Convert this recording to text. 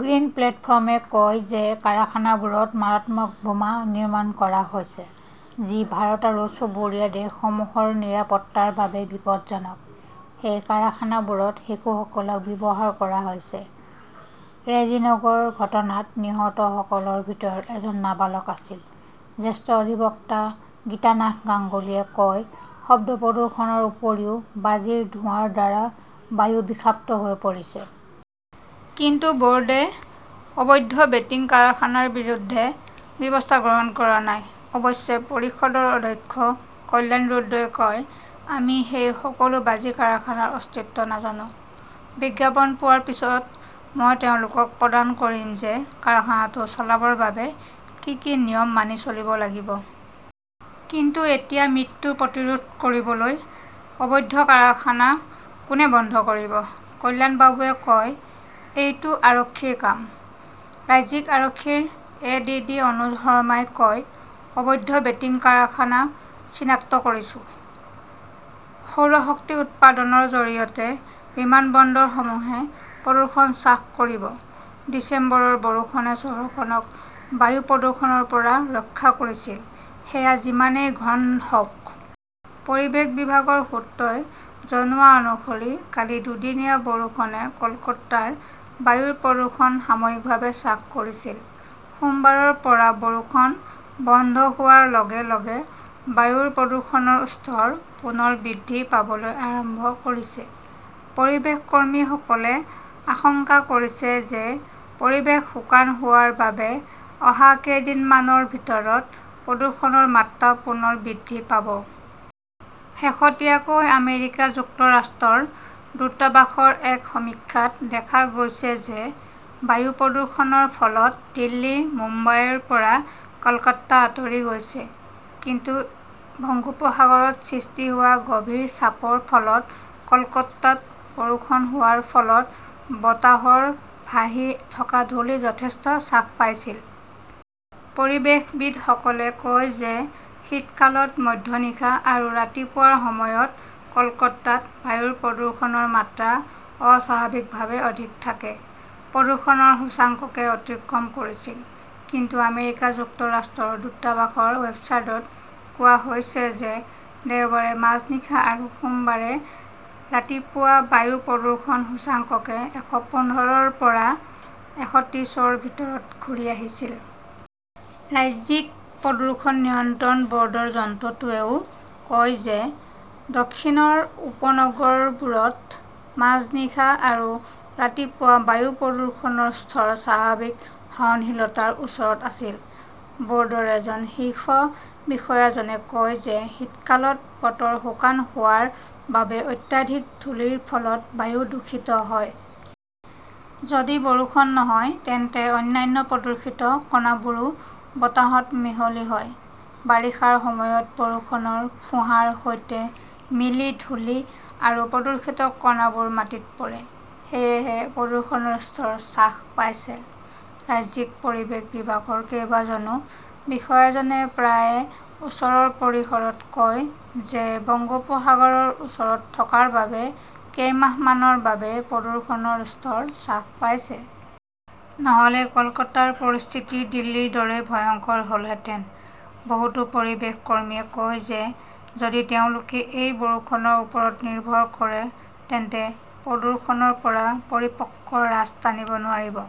Green প্লেটফৰ্ম-এ কয় যে কাৰখানাবোৰত মাৰাত্মক বোমা নিৰ্মাণ কৰা হৈছে, যি ভাৰত আৰু চুবুৰীয়া দেশসমূহৰ নিৰাপত্তাৰ বাবে বিপদজনক। সেই কাৰখানাবোৰত শিশুসকলক ব্যৱহাৰ কৰা হৈছে। ৰেজিনগৰ ঘটনাত নিহতসকলৰ ভিতৰত এজন নাবালক আছিল। জ্যেষ্ঠ অধিবক্তা গীতানাথ গাংগুলীয়ে কয়, শব্দ প্ৰদূষণৰ উপৰিও বাজিৰ ধোঁৱাৰ দ্বাৰা বায়ু বিষাক্ত হৈ পৰিছে। কিন্তু বৰ্ডে অবৈধ বেটিং কাৰখানাৰ বিৰুদ্ধে ব্যৱস্থা গ্ৰহণ কৰা নাই। অৱশ্যে, পৰিষদৰ অধ্যক্ষ কল্যাণ ৰুদ্ৰই কয়, আমি সেই সকলো বাজি কাৰখানাৰ অস্তিত্ব নাজানো। বিজ্ঞাপন পোৱাৰ পিছত, মই তেওঁলোকক প্ৰদান কৰিম যে কাৰখানাটো চলাবৰ বাবে কি কি নিয়ম মানি চলিব লাগিব। কিন্তু এতিয়া মৃত্যু প্ৰতিৰোধ কৰিবলৈ অবৈধ কাৰখানা কোনে বন্ধ কৰিব? কল্যাণবাবুৱে কয়, এইটো আৰক্ষীৰ কাম। ৰাজ্যিক আৰক্ষীৰ এডিডি অনুজ শৰ্মাই কয়, অবৈধ বেটিং কাৰখানা চিনাক্ত কৰিছো। সৌৰ শক্তি উৎপাদনৰ জৰিয়তে বিমানবন্দৰসমূহে প্ৰদূষণ হ্ৰাস কৰিব ডিচেম্বৰৰ বৰষুণে চহৰখনক বায়ু প্ৰদূষণৰ পৰা ৰক্ষা কৰিছিল, সেয়া যিমানেই ঘন হওঁক। পৰিৱেশ বিভাগৰ সূত্ৰই জনোৱা অনুসৰি কালি দুদিনীয়া বৰষুণে কলকাতাৰ বায়ুৰ প্ৰদূষণ সাময়িকভাৱে হ্ৰাস কৰিছিল। সোমবাৰৰ পৰা বৰষুণ বন্ধ হোৱাৰ লগে-লগে বায়ুৰ প্ৰদূষণৰ স্তৰ পুনৰ বৃদ্ধি পাবলৈ আৰম্ভ কৰিছে। পৰিৱেশ কৰ্মীসকলে আশংকা কৰিছে যে পৰিৱেশ শুকান হোৱাৰ বাবে অহা কেইদিনমানৰ ভিতৰত প্ৰদূষণৰ মাত্ৰা পুনৰ বৃদ্ধি পাব। শেহতীয়াকৈ আমেৰিকা যুক্তৰাষ্ট্ৰৰ দূতাবাসৰ এক সমীক্ষাত দেখা গৈছে যে বায়ু প্ৰদূষণৰ ফলত দিল্লী, মুম্বাইৰ পৰা কলকাতা আঁতৰি গৈছে। কিন্তু বংগোপসাগৰত সৃষ্টি হোৱা গভীৰ চাপৰ ফলত কলকাতাত বৰষুণ হোৱাৰ ফলত বতাহৰ ভাহি থকা ধূলি যথেষ্ট হ্ৰাস পাইছিল। পৰিৱেশবিদসকলে কয় যে শীতকালত মধ্যনিশা আৰু ৰাতিপুৱাৰ সময়ত কলকাতাত বায়ু প্ৰদূষণৰ মাত্ৰা অস্বাভাৱিকভাৱে অধিক থাকে। প্ৰদূষণৰ সূচকাংকে অতিক্ৰম কৰিছিল। কিন্তু আমেৰিকা যুক্তৰাষ্ট্ৰৰ দূতাবাসৰ ৱেবছাইটত কোৱা হৈছে যে দেওবাৰে মাজনিশা আৰু সোমবাৰে ৰাতিপুৱা বায়ু প্ৰদূষণ সূচকাংকে এশপোন্ধৰ ৰ পৰা এশত্ৰিছ ৰ ভিতৰত ঘূৰি আহিছিল। ৰাজ্যিক প্ৰদূষণ নিয়ন্ত্ৰণ বৰ্ডৰ যন্ত্ৰটোৱেও কয় যে দক্ষিণৰ উপনগৰবোৰত মাজনিশা আৰু ৰাতিপুৱা বায়ু প্ৰদূষণৰ স্তৰ স্বাভাৱিক সহনশীলতাৰ ওচৰত আছিল। বৰ্ডৰ এজন শীৰ্ষ বিষয়াজনে কয় যে শীতকালত বতৰ শুকান হোৱাৰ বাবে অত্যাধিক ধূলিৰ ফলত বায়ু দূষিত হয়। যদি বৰষুণ নহয় তেন্তে অন্যান্য প্ৰদূষিত কণাবোৰো বতাহত মিহলি হয়। বাৰিষাৰ সময়ত বৰষুণৰ ফোঁহাৰ সৈতে মিলি ধূলি আৰু প্ৰদূষিত কণাবোৰ মাটিত পৰে। সেয়েহে প্ৰদূষণৰ স্তৰ হ্ৰাস পায়। ৰাজ্যিক পৰিৱেশ বিভাগৰ কেইবাজনো বিষয়াজনে প্ৰায়ে ওচৰৰ পৰিসৰত কয় যে বংগোপসাগৰৰ ওচৰত থকাৰ বাবে কেইমাহমানৰ বাবে প্ৰদূষণৰ স্তৰ হ্ৰাস পাইছে। নহলে কলকাতাৰ পৰিস্থিতি দিল্লীৰ দৰেই ভয়ংকৰ হলহেঁতেন। বহুতো পৰিৱেশ কৰ্মীই কয় যে যদি তেওঁলোকে এই বৰষুণৰ ওপৰত নিৰ্ভৰ কৰে তেন্তে প্ৰদূষণৰ পৰা পৰিপক্ক ৰাছ টানিব নোৱাৰিব।